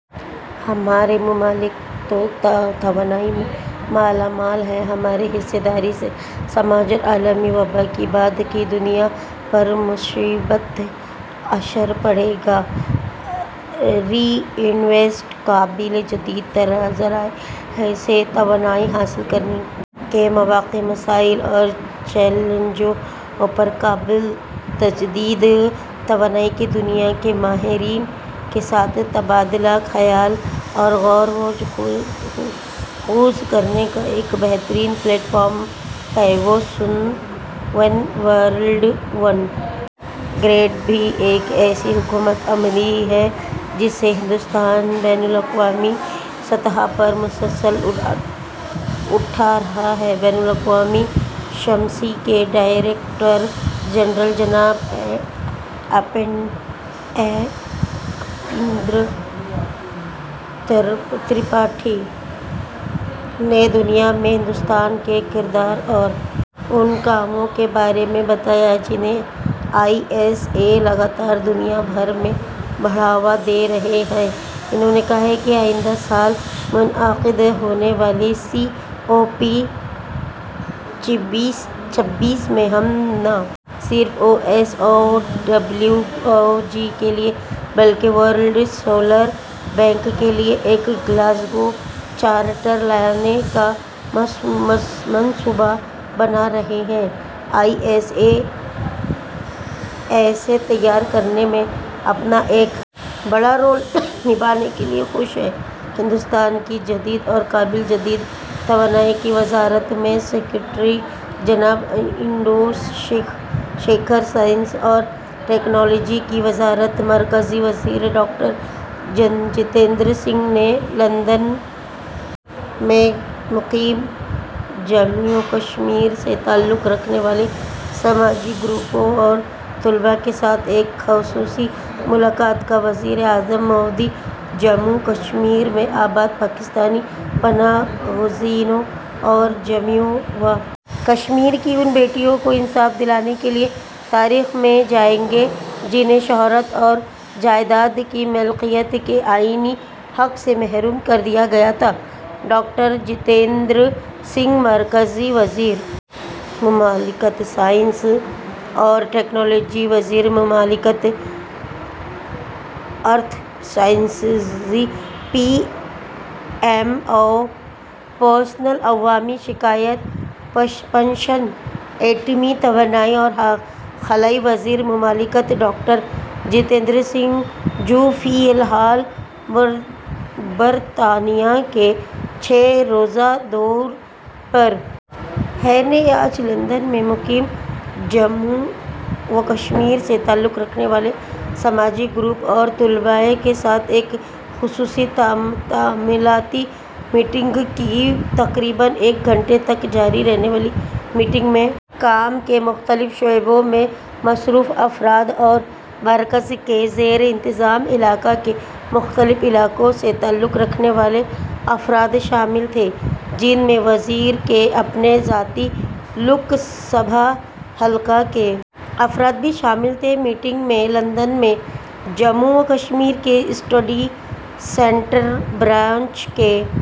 ہمارے ممالک توانائی میں مالا مال ہیں ہماری حصہ داری سے سماج اور عالمی وبا کی بعد کی دنیا پر مثبت اثر پڑے گا ری انویسٹ قابل تجدید ذرائع سے توانائی حاصل کرنے کے مواقع مسائل اور چیلنجوں پر قابل تجدید توانائی کے دنیا کے ماہرین کے ساتھ تبادلہ خیال اور غور و خوض کرنے کا ایک بہترین پلیٹ فارم ہے one sun one world one grid بھی ایک ایسی حکمت عملی ہے جسے ہندوستان بین الاقوامی سطح پر مسلسل اٹھا رہا ہے بین الاقوامی شمسی کے ڈائریکٹر جنرل جناب اپیندر ترپاٹھی نے دنیا میں ہندوستان کے کردار اور ان کاموں کے بارے میں بتایا جنہیں آئی ایس اے لگاتار دنیا بھر میں بڑھاوا دے رہا ہے انہوں نے کہا آئندہ سال منعقد ہونے والے سی او پی چھبیس میں ہم نہ صرف O S O W O G کے لیے بلکہ ورلڈ سولر بینک کے لیے ایک گلاسگو چارٹر لانے کا منصوبہ بنا رہے ہیں آئی ایس اے اسے تیار کرنے میں اپنا ایک بڑا رول نبھانے کے لیے خوش ہے ہندوستان کی جدید اور قابل تجدید توانائی کی وزارت میں سکریٹری جناب اندو شیکھر سائنس اور ٹیکنالوجی کی وزارت مرکزی وزیر ڈاکٹر جتیندر سنگھ نے لندن میں مقیم جموں و کشمیر سے تعلق رکھنے والے سماجی گروپوں اور طلباء کے ساتھ ایک خصوصی ملاقات کی وزیر اعظم مودی جموں و کشمیر میں آباد پاکستانی پناہ گزینوں اور جموں و کشمیر کی ان بیٹیوں کو انصاف دلانے کے لیے تاریخ میں جائیں گے جنہیں شہریت اور جائیداد کی ملکیت کے آئینی حق سے محروم کر دیا گیا تھا ڈاکٹر جتیندر سنگھ مرکزی وزیر مملکت سائنس اور ٹیکنالوجی وزیر مملکت earth sciences P M O personnel عوامی شکایات پنشن ایٹمی توانائی اور خلائی وزیر مملکت ڈاکٹر جتیندر سنگھ جو فی الحال برطانیہ کے چھ روزہ دورے پر ہیں نے آج لندن میں مقیم جموں و کشمیر سے تعلق رکھنے والے سماجی گروپوں اور طلباء کے ساتھ ایک خصوصی تعاملاتی میٹنگ کی تقریباً ایک گھنٹے تک جاری رہنے والی میٹنگ میں کام کے مختلف شعبوں میں مصروف افراد اور مرکز کے زیر انتظام علاقہ کے مختلف علاقوں سے تعلق رکھنے والے افراد شامل تھے جن میں وزیر کے اپنے ذاتی لوک سبھا حلقہ کے افراد بھی شامل تھے میٹنگ میں لندن میں جموں و کشمیر کے اسٹڈی سینٹر برانچ کے